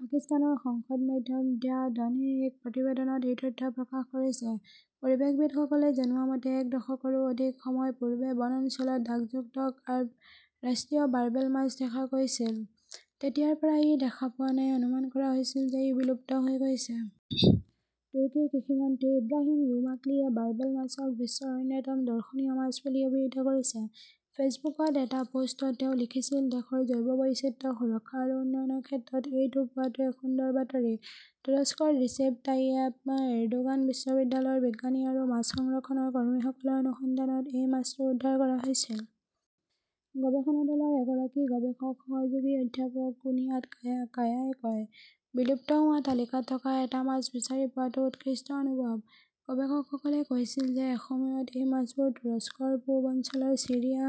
পাকিস্তানৰ সংবাদ মাধ্যম দ্য ডনে এক প্ৰতিবেদনত এই তথ্য প্ৰকাশ কৰিছে। পৰিৱেশবিদসকলে জনোৱা মতে, এক দশকৰো অধিক সময় পূৰ্বে বন অঞ্চলত দাগযুক্ত কাৰ্প ৰাষ্ট্ৰীয় বাৰ্বেল মাছ দেখা গৈছিল। তেতিয়াৰ পৰা ই দেখা পোৱা নাই, অনুমান কৰা হৈছিল যে ই বিলুপ্ত হৈ গৈছে। তুৰ্কীৰ কৃষি মন্ত্ৰী ইব্ৰাহিম ইউমাকলীয়ে বাৰ্বেল মাছক বিশ্বৰ অন্যতম দৰ্শনীয় মাছ বুলি অভিহিত কৰিছে। ফেচবুকত এটা পোষ্টত তেওঁ লিখিছিল দেশৰ জৈৱ বৈচিত্ৰ্য সুৰক্ষা আৰু উন্নয়নৰ ক্ষেত্ৰত এইটো পোৱাটো এক সুন্দৰ বাতৰি। তুৰস্কৰ ৰিচেপ তাইয়েপ এৰডোগান বিশ্ববিদ্যালয়ৰ বিজ্ঞানী আৰু মাছ সংৰক্ষণ কৰ্মীসকলৰ অনুসন্ধানত এই মাছটো উদ্ধাৰ কৰা হৈছিল। গৱেষণা দলৰ এগৰাকী গৱেষক সহযোগী অধ্যাপক কুনিয়াত কায়াই কয়, বিলুপ্ত হোৱা তালিকাত থকা এটা মাছ বিচাৰি পোৱাটো উৎকৃষ্ট অনুভৱ। গৱেষকসকলে কৈছিল যে এসময়ত এই মাছবোৰ তুৰস্কৰ পূব অঞ্চল ছিৰিয়া,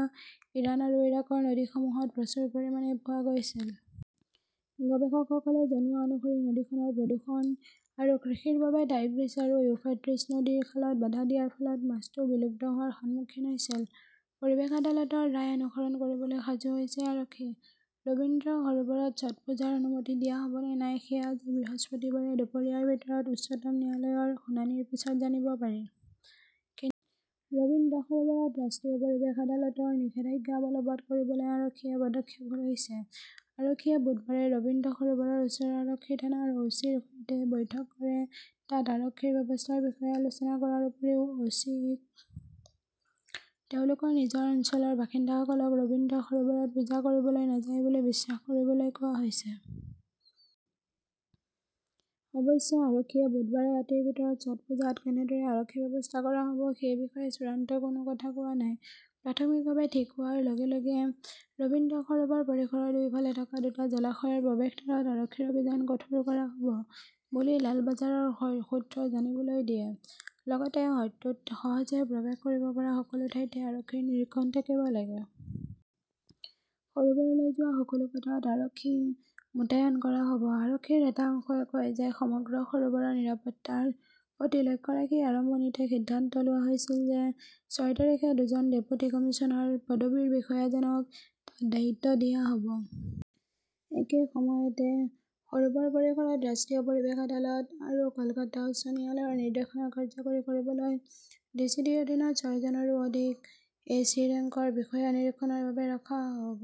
ইৰাণ আৰু ইৰাকৰ নদীসমূহত প্ৰচুৰ পৰিমাণে পোৱা গৈছিল। গৱেষকসকলে জনোৱা অনুসৰি নদীখনৰ প্ৰদূষণ আৰু কৃষিৰ বাবে টাইগ্ৰিছ আৰু ইউফ্ৰেটিছ নদীৰ খালত বাধা দিয়াৰ ফলত মাছটো বিলুপ্ত হোৱাৰ সন্মুখীন হৈছিল। পৰিৱেশ আদালতৰ ৰায় অনুসৰণ কৰিবলৈ সাজু হৈছে আৰক্ষী ।ৰবীন্দ্ৰ সৰোবৰত ছটপুজাৰ অনুমতি দিয়া হ'ব নে নাই সেয়া আজি বৃহস্পতিবাৰে দুপৰীয়াৰ ভিতৰত উচ্চতম ন্যায়ালয়ৰ শুনানিৰ পিছত জানিব পাৰি ।কিন্তু ৰবীন্দ্ৰ সৰোবৰত ৰাষ্ট্ৰীয় পৰিৱেশ আদালতৰ নিষেধাজ্ঞা বলৱৎ কৰিবলৈ আৰক্ষীয়ে পদক্ষেপ লৈছে। আৰক্ষীয়ে বুধবাৰে ৰবীন্দ্ৰ সৰোবৰৰ ওচৰৰ আৰক্ষী থানাৰ অ চি ৰ সৈতে বৈঠক কৰে তাত আৰক্ষী ব্যৱস্থাৰ বিষয়ে আলোচনা কৰাৰ উপৰিও অ চি ক তেওঁলোকৰ নিজৰ অঞ্চলৰ বাসিন্দাসকলক ৰবীন্দ্ৰ সৰোবৰত পূজা কৰিবলৈ নাযায় বুলি বিশ্বাস কৰিবলৈ কোৱা হৈছে। অৱশ্যে আৰক্ষীয়ে বুধবাৰে ৰাতিৰ ভিতৰত ছটপুজাত কেনেদৰে আৰক্ষী ব্যৱস্থা কৰা হ'ব সেই বিষয়ে চূড়ান্ত কোনো কথা কোৱা নাই। প্ৰাথমিকভাৱে ঠিক হোৱাৰ লগে -লগে ৰবীন্দ্ৰ সৰোবৰ পৰিসৰৰ দুয়োফালে থকা দুটা জলাশয়ৰ প্ৰৱেশদ্বাৰত আৰক্ষীৰ অভিযান কঠোৰ কৰা হ'ব বুলি লালবাজাৰৰ সূত্ৰই জানিবলৈ দিয়ে, লগতে হ্ৰদটোত সহজে প্ৰৱেশ কৰিব পৰা সকলো ঠাইতে আৰক্ষীৰ নিৰীক্ষণ থাকিব লাগে। সৰোবৰলৈ যোৱা সকলো পথত আৰক্ষী মোতায়ন কৰা হ'ব। আৰক্ষীৰ এটা অংশই কয় যে সমগ্ৰ সৰোবৰৰ নিৰাপত্তাৰ প্ৰতি লক্ষ্য ৰাখি আৰম্ভণিতে সিদ্ধান্ত লোৱা হৈছিল যে ছয় তাৰিখে দুজন ডেপুটি কমিছনাৰ পদবীৰ বিষয়াজনক তাত দায়িত্ব দিয়া হ 'ব। একে সময়তে, সৰোবৰ পৰিসৰত ৰাষ্ট্ৰীয় পৰিৱেশ আদালত আৰু কলকাতা উচ্চ ন্যায়ালয়ৰ নিৰ্দেশনা কাৰ্যকৰী কৰিবলৈ ডিচিডিৰ অধীনত ছয়জনৰো অধিক এচি ৰেংকৰ বিষয়া নিৰীক্ষণৰ বাবে ৰখা হ 'ব।